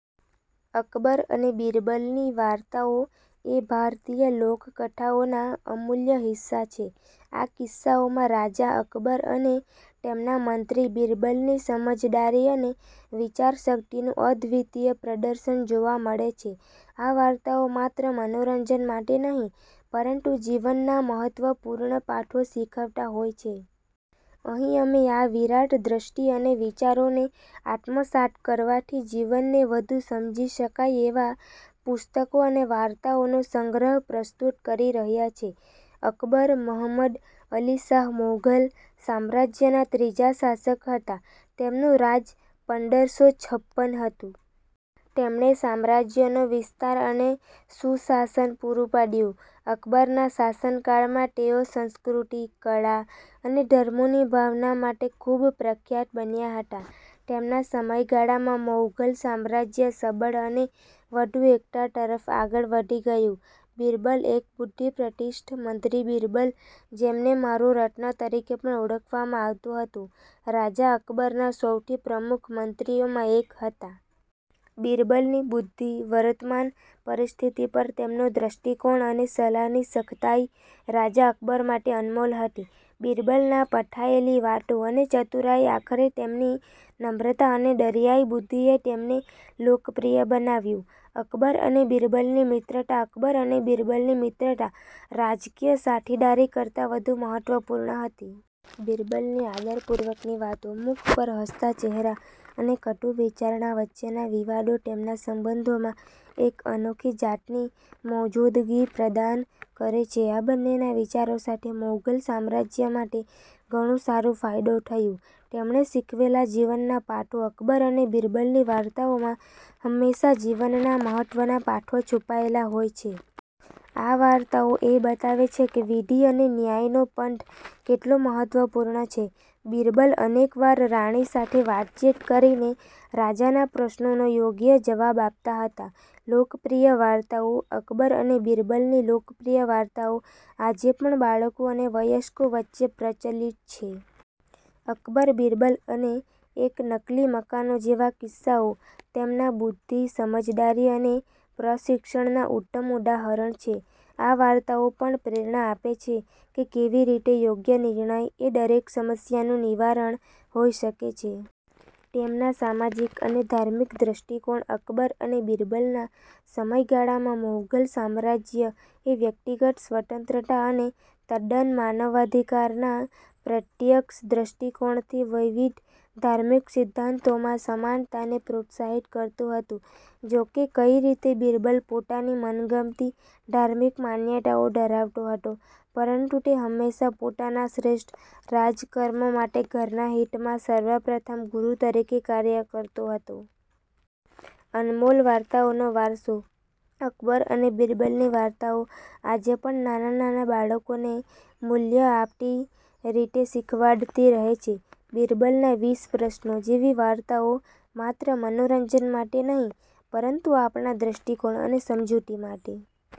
અકબર અને બીરબલની વાર્તાઓ એ ભારતીય લોકકથાઓના અમૂલ્ય હિસ્સા છે. આ કિસ્સાઓમાં રાજા અકબર અને તેમના મંત્રી બીરબલની સમજદારી અને વિચારશક્તિનું અદ્વિતીય પ્રદર્શન જોવા મળે છે. આ વાર્તાઓ માત્ર મનોરંજન માટે નહિ, પરંતુ જીવનના મહત્વપૂર્ણ પાઠો શીખવતા હોય છે. અહીં અમે આ વિરાટ દ્રષ્ટિ અને વિચારોને આત્મસાત કરવાથી જીવનને વધુ સમજી શકાય એવા પુસ્તકો અને વાર્તાઓનો સંગ્રહ પ્રસ્તુત કરી રહ્યા છે. અકબર, મહમદ અલીશાહ મૌધલ, સામ્રાજ્યના ત્રીજા શાસક હતા. તેમનું રાજ પંદર સો છપ્પન હતું। તેમણે સામ્રાજ્યનો વિસ્તાર અને સુશાસન પૂરું પાડ્યું. અકબરના શાસનકાળમાં તેઓ સંસ્કૃતિ, કળા અને ધર્મોની ભાવના માટે ખુબ પ્રખ્યાત બન્યા હતા. તેમના સમયગાળામાં મૌઘલ સામ્રાજ્ય સબળ અને વધુ એકતા તરફ આગળ વધી ગયું. બીરબલ: એક બુદ્ધિપ્રતિષ્ઠ મંત્રી બીરબલ, જેમને મારો રત્ન તરીકે પણ ઓળખવામાં આવતું હતું, રાજા અકબરના સૌથી પ્રમુખ મંત્રીઓમાં એક હતા. બીરબલની બુદ્ધિ, વરતમાન પરિસ્થિતિ પર તેમનો દ્રષ્ટિકોણ અને સલાહની સખતાઈ રાજા અકબર માટે અનમોલ હતી. બીરબલના પઠાયેલી વાતો અને ચતુરાઈ આખરે તેમની નમ્રતા અને દરિયાઈ બુદ્ધિએ તેમને લોકપ્રિય બનાવ્યું. અકબર અને બીરબલની મિત્રતા અકબર અને બીરબલની મિત્રતા રાજકીય સાથીદારી કરતા વધુ મહત્વપૂર્ણ હતી. બીરબલની આદરપૂર્વકની વાતો, મુખ પર હસતા ચહેરા અને કટુ વિચારણા વચ્ચેના વિવાદો તેમના સંબંધોમાં એક અનોખી જાતની મૌજૂદગી પ્રદાન કરે છે. આ બંનેના વિચાર સાથે મૌઘલ સામ્રાજ્ય માટે ઘણું સારું ફાયદો થયું. તેમણે શીખવેલા જીવનના પાઠો અકબર અને બીરબલની વાર્તાઓમાં હંમેશા જીવનના મહત્વના પાઠો છુપાયેલા હોય છે. આ વાર્તાઓ એ બતાવે છે કે વિધિ અને ન્યાયનો પંથ કેટલો મહત્વપૂર્ણ છે. બીરબલ અનેક વાર રાણી સાથે વાતચીત કરીને રાજાના પ્રશ્નોનો યોગ્ય જવાબ આપતા હતા. લોકપ્રિય વાર્તાઓ અકબર અને બીરબલની લોકપ્રિય વાર્તાઓ આજે પણ બાળકો અને વયસ્કો વચ્ચે પ્રચલિત છે. અકબર-બીરબલ અને એક નકલી મકાનો જેવા કિસ્સાઓ તેમના બુદ્ધિ, સમજદારી અને પ્રશિક્ષણના ઉત્તમ ઉદાહરણ છે. આ વાર્તાઓ પણ પ્રેરણા આપે છે કે કેવી રીતે યોગ્ય નિર્ણય એ દરેક સમસ્યાનું નિવારણ હોઈ શકે છે. તેમના સામાજિક અને ધાર્મિક દૃષ્ટિકોણ અકબર અને બીરબલના સમયગાળામાં, મૌઘલ સામ્રાજ્ય એ વ્યક્તિગત સ્વતંત્રતા અને તદ્દન માનવાધિકારના પ્રત્યક્ષ દ્રષ્ટિકોણથી વિવિધ ધાર્મિક સિદ્ધાંતોમાં સમાનતાને પ્રોત્સાહિત કરતું હતું. જો કે, કઈ રીતે બીરબલ પોતાની મનગમતી ધાર્મિક માન્યતાઓ ધરાવતો હતો, પરંતુ તે હંમેશા પોતાના શ્રેષ્ઠ રાજકર્મ માટે ઘરના હિતમાં સર્વપ્રથમ ગુરુ તરીકે કાર્ય કરતો હતો. અનમોલ વાર્તાઓનો વારસો અકબર અને બીરબલની વાર્તાઓ આજે પણ નાનાં નાનાં બાળકોને મૂલ્ય આપતી રીતે શીખવાડતી રહે છે. "બીરબલના વીસ પ્રશ્નો" જેવી વાર્તાઓ માત્ર મનોરંજન માટે નહિ પરંતુ આપણા દૃષ્ટિકોણ અને સમજૂતી માટે